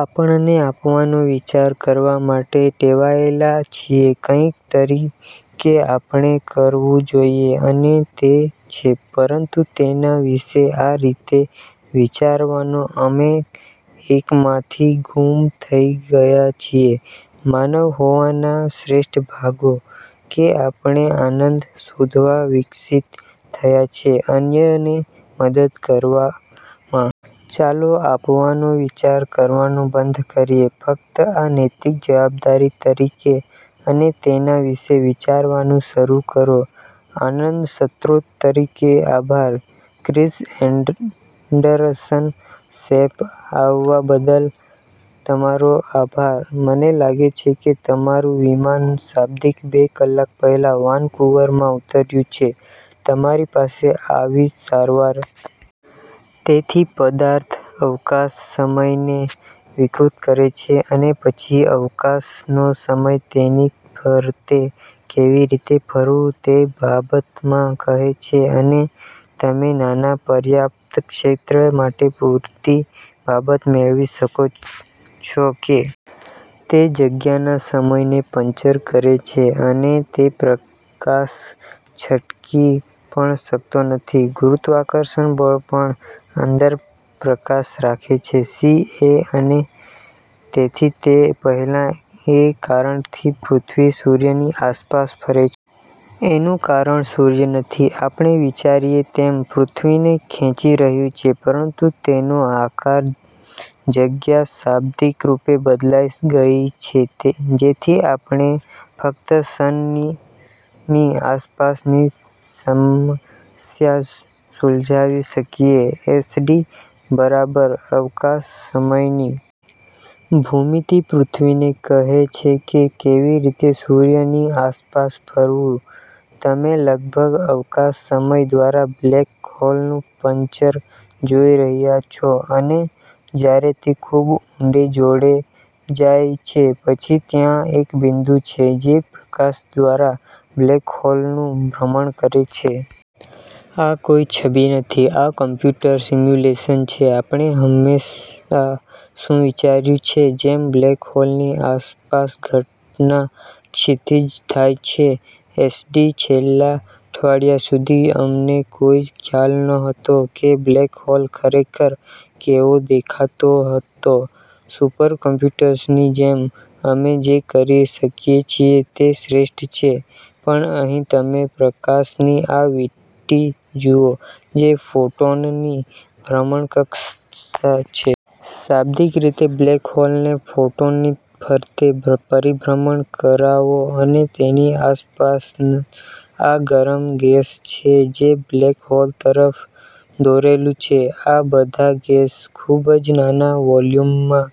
આપણને આપવાનો વિચાર કરવા માટે ટેવાયેલા છીએ કંઈક તરીકે આપણે કરવું જોઈએ. અને તે છે. પરંતુ તેના વિશે આ રીતે વિચારવાનો, અમે એકમાંથી ગુમ થઈ ગયા છીએ માનવ હોવાના શ્રેષ્ઠ ભાગો: કે આપણે આનંદ શોધવા વિકસિત થયા છે અન્યને મદદ કરવામાં. ચાલો આપવાનો વિચાર કરવાનું બંધ કરીએ ફક્ત આ નૈતિક જવાબદારી તરીકે અને તેના વિશે વિચારવાનું શરૂ કરો આનંદ સ્ત્રોત તરીકે. આભાર. ક્રિસ એન્ડરસન: શેપ, આવવા બદલ તમારો આભાર. મને લાગે છે કે તમારું વિમાન શાબ્દિક બે કલાક પહેલા વાનકુવરમાં ઉતર્યું છે તમારી પાસે આવી સારવાર. તેથી, પદાર્થ અવકાશ-સમયને વિકૃત કરે છે, અને પછી અવકાશ નો સમય તેની ફરતે કેવી રીતે ફરવું તે બાબત માં કહે છે અને। તમે નાના પર્યાપ્ત ક્ષેત્ર માટે પૂરતી બાબત મેળવી શકો છો કે તે જગ્યાના સમયને પંચર કરે છે, અને તે પ્રકાશ છટકી પણ શકતો નથી, ગુરુત્વાકર્ષણ બળ પણ અંદર પ્રકાશ રાખે છે સીએ: અને તેથી, તે પહેલાં, એ કારણ થી પૃથ્વી સૂર્યની આસપાસ ફરે છે એનું કારણ સૂર્ય નથી આપણે વિચારીએ તેમ પૃથ્વીને ખેંચી રહ્યું છે, પરંતુ તેનો આકાર જગ્યા શાબ્દિક રૂપે બદલાઈ ગઈ છે જેથી આપણે ફક્ત સન ની આસપાસ ની સમસ્યા સુલઝાવી શકીએ એસડી: બરાબર, અવકાશ-સમયની ભૂમિતિ પૃથ્વીને કહે છે કે કેવી રીતે સૂર્ય ની આસપાસ ફરવું તમે લગભગ અવકાશ-સમય દ્વારા બ્લેક હોલ નું પંચર જોઈ રહ્યા છો અને જ્યારે તે ખૂબ ઉંડે જોડે જાય છે, પછી ત્યાં એક બિંદુ છે જે પ્રકાશ દ્વારા બ્લેક હોલનું ભ્રમણ કરે છે. આ કોઈ છબી નથી, આ કમ્પ્યુટર સિમ્યુલેશન છે આપણે હંમેશાં શું વિચાર્યું છે, જેમ, બ્લેક હોલ ની આસપાસ ઘટના ક્ષિતિજ થાય છે એસડી: છેલ્લા અઠવાડિયા સુધી, અમને કોઈ ખ્યાલ નહોતો કે બ્લેક હોલ ખરેખર કેવો દેખાતો હતો સુપર કોમ્પ્યુટર્સની જેમ અમે જે કરી શકીએ છીએ તે શ્રેષ્ઠ છે પણ અહીં તમે પ્રકાશની આ વીંટી જુઓ, જે ફોટોન ની ભ્રમણકક્ષા છે. શાબ્દિક રીતે બ્લેક હોલ ને ફોટોન ની ફરતે પરિભ્રમણ કરાવો અને તેની આસપાસ આ ગરમ ગેસ છે જે બ્લેક હોલ તરફ દોરેલું છે, આ બધા ગેસ ખૂબ જ નાના વોલ્યુમમાં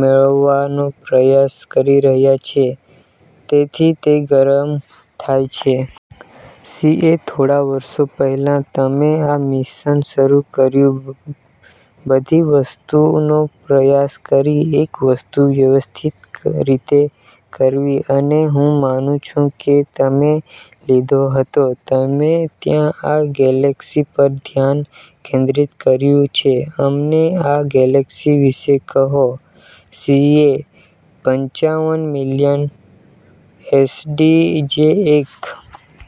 મેળવવાનો પ્રયાસ કરી રહ્યા છે તેથી તે ગરમ થાય છે. સીએ: થોડા વર્ષો પહેલા, તમે આ મિશન શરૂ કર્યું બધી વસ્તુ નો પ્રયાસ કરી એક વસ્તુ વ્યવસ્થિત રીતે કરવી અને હું માનું છું કે તમે લીધો હતો તમે ત્યાં આ ગેલેક્સી પર ધ્યાન કેન્દ્રિત કર્યું છે અમને આ ગેલેક્સી વિશે કહો. સીએ: પંચાવન મિલિયન. એસડી: જે એક